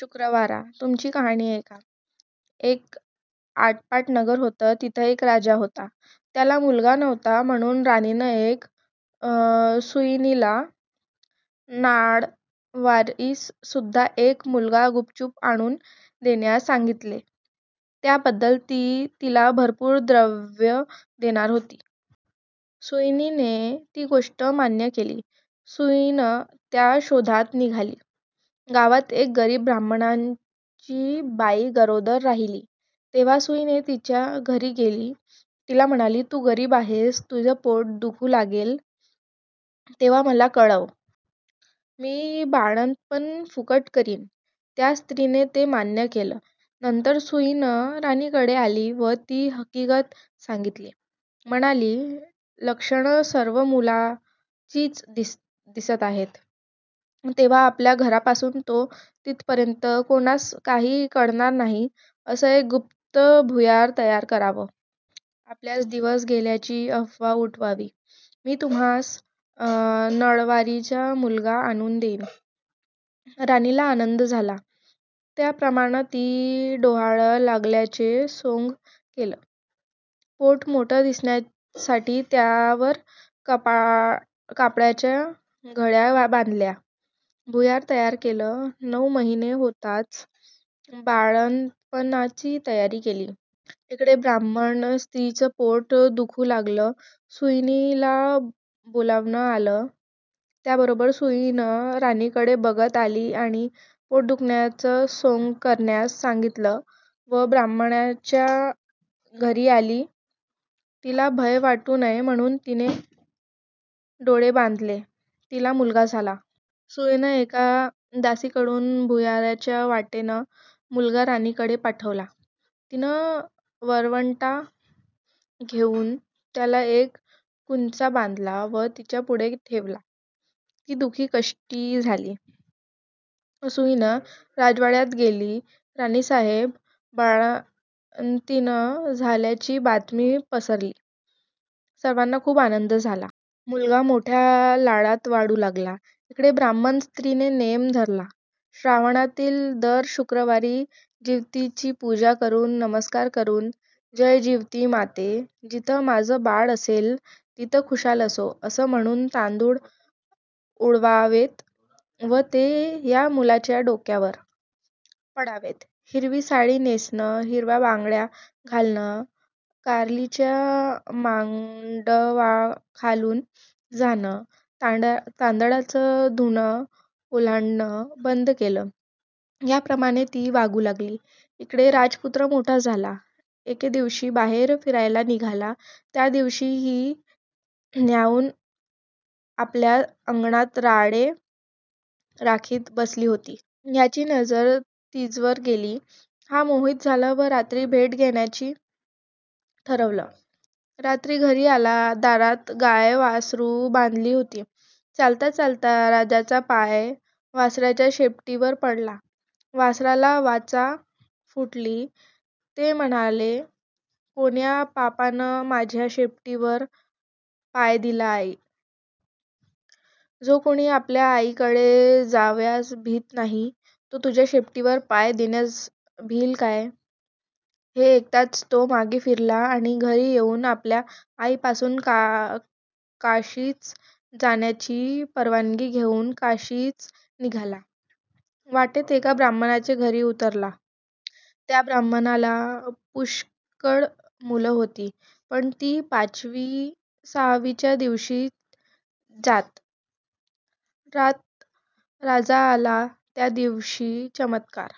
शुक्रवारा, तुमची कहाणी ऐका. एक आटपाट नगर होतं. तिथं एक राजा होता. त्याला मुलगा नव्हता म्हणून राणीनं एका सुईणीला नाळवारीसुद्धा एक मुलगा गुपचूप आणून देण्यास सांगितले. त्याबद्दल ती तिला भरपूर द्रव्य देणार होती. सुईणीने ती गोष्ट मान्य केली. सुईण त्या शोधात निघाली. गावात एक गरीब ब्राह्मणाची बाई गरोदर राहिली. तेव्हा सुईण तिच्या घरी गेली. तिला म्हणाली, तू गरीब आहेस. तुझं पोट दुखू लागेल, तेव्हा मला कळव. मी बाळंतपण फुकट करीन. त्या स्त्रीने ते मान्य केलं. नंतर सुईण राणीकडे आली व ती हकीगत सांगितली. म्हणाली, लक्षणं सर्व मुलाचीच दिसताहेत. तेव्हा आपल्या घरापासून तो तिथपर्यंत कोणास काही कळणार नाही, असं एक गुप्त भुयार तयार करावं. आपल्यास दिवस गेल्याची अफवा उठवावी. मी तुम्हास नळवारीचा मुलगा आणून देईन. राणीला आनंद झाला. त्याप्रमाणं तिनं डोहाळं लागल्याचे सोंग केलं. पोट मोठं दिसण्यासाठी त्यावर कापडाच्या घड्या बांधल्या. भुयार तयार केलं. नऊ महिने होताच बाळंतपणाची तयारी केली. इकडे ब्राह्मण स्त्रीचं पोट दुखू लागलं. सुईणीला बोलावणं आलं. त्याबरोबर सुईण राणीकडे बघत आली आणि पोट दुखण्याचं सोंग करण्यास सांगितलं व ब्राह्मणाच्या घरी आली. तिला भय वाटू नये म्हणून तिचे डोळे बांधले. तिला मुलगा झाला. सुईणीनं एका दासीकडून भुयाराच्या वाटेनं मुलगा राणीकडे पाठवला. तिनं वरंवटा घेऊन त्याला एक कुंचा बांधला व तिच्यापुढे ठेवला. ती दु:खी-कष्टी झाली. सुईण राजवाड्यात गेली. राणीसाहेब बाळंतीण झाल्याची बातमी पसरली. सर्वांना खूप आनंद झाला. मुलगा मोठ्या लाडात वाढू लागला. इकडे ब्राह्मण स्त्रीने नेम धरला. श्रावणातील दर शुक्रवारी जिवतीची पूजा करून नमस्कार करून, जय जिवती माते, जिथं माझं बाळ असेल, तिथ खुशाल असो, असं म्हणून तांदूळ उडवावेत व ते ह्या मुलाच्या डोक्यावर. पडावेत. हिरवी साडी नेसणं, हिरव्या बांगड्या घालणं, कारलीच्या मांडवाखालून जाणं, तांदळाचं धुणं ओलांडणं बंद केलं. याप्रमाणे ती वागू लागली. इकडे राजपुत्र मोठा झाला. एके दिवशी बाहेर फिरायला निघाला. त्या दिवशी ही न्हाऊन आपल्या अंगणात राळे राखीत बसली होती. याची नजर तिजवर गेली. हा मोहित झाला व रात्री भेट घ्यायची ठरविलं. रात्री घरी आला. दारात गाय-वासरू बांधली होती. चालता-चालता राजाचा पाय वासराच्या शेपटीवर पडला. वासराला वाचा फुटली. ते म्हणाले, कोण्या पाप्यानं माझ्या शेपटीवर पाय दिला आई? जो कोणी आपल्या आईकडे जावयास भीत नाही, तो तुझ्या शेपटीवर पाय देण्यास भिईल काय? हे ऐकताच तो मागे फिरला आणि घरी येऊन आपल्या आईपासून काशीस जाण्याची परवानगी घेऊन काशीस निघाला. वाटेत एका ब्राह्मणाचे घरी उतरला. त्या ब्राह्मणाला पुष्कळ मुलं होत होती पण ती पाचवी-सहावीच्या दिवशी जात. राजा आला, त्या दिवशी चमत्कार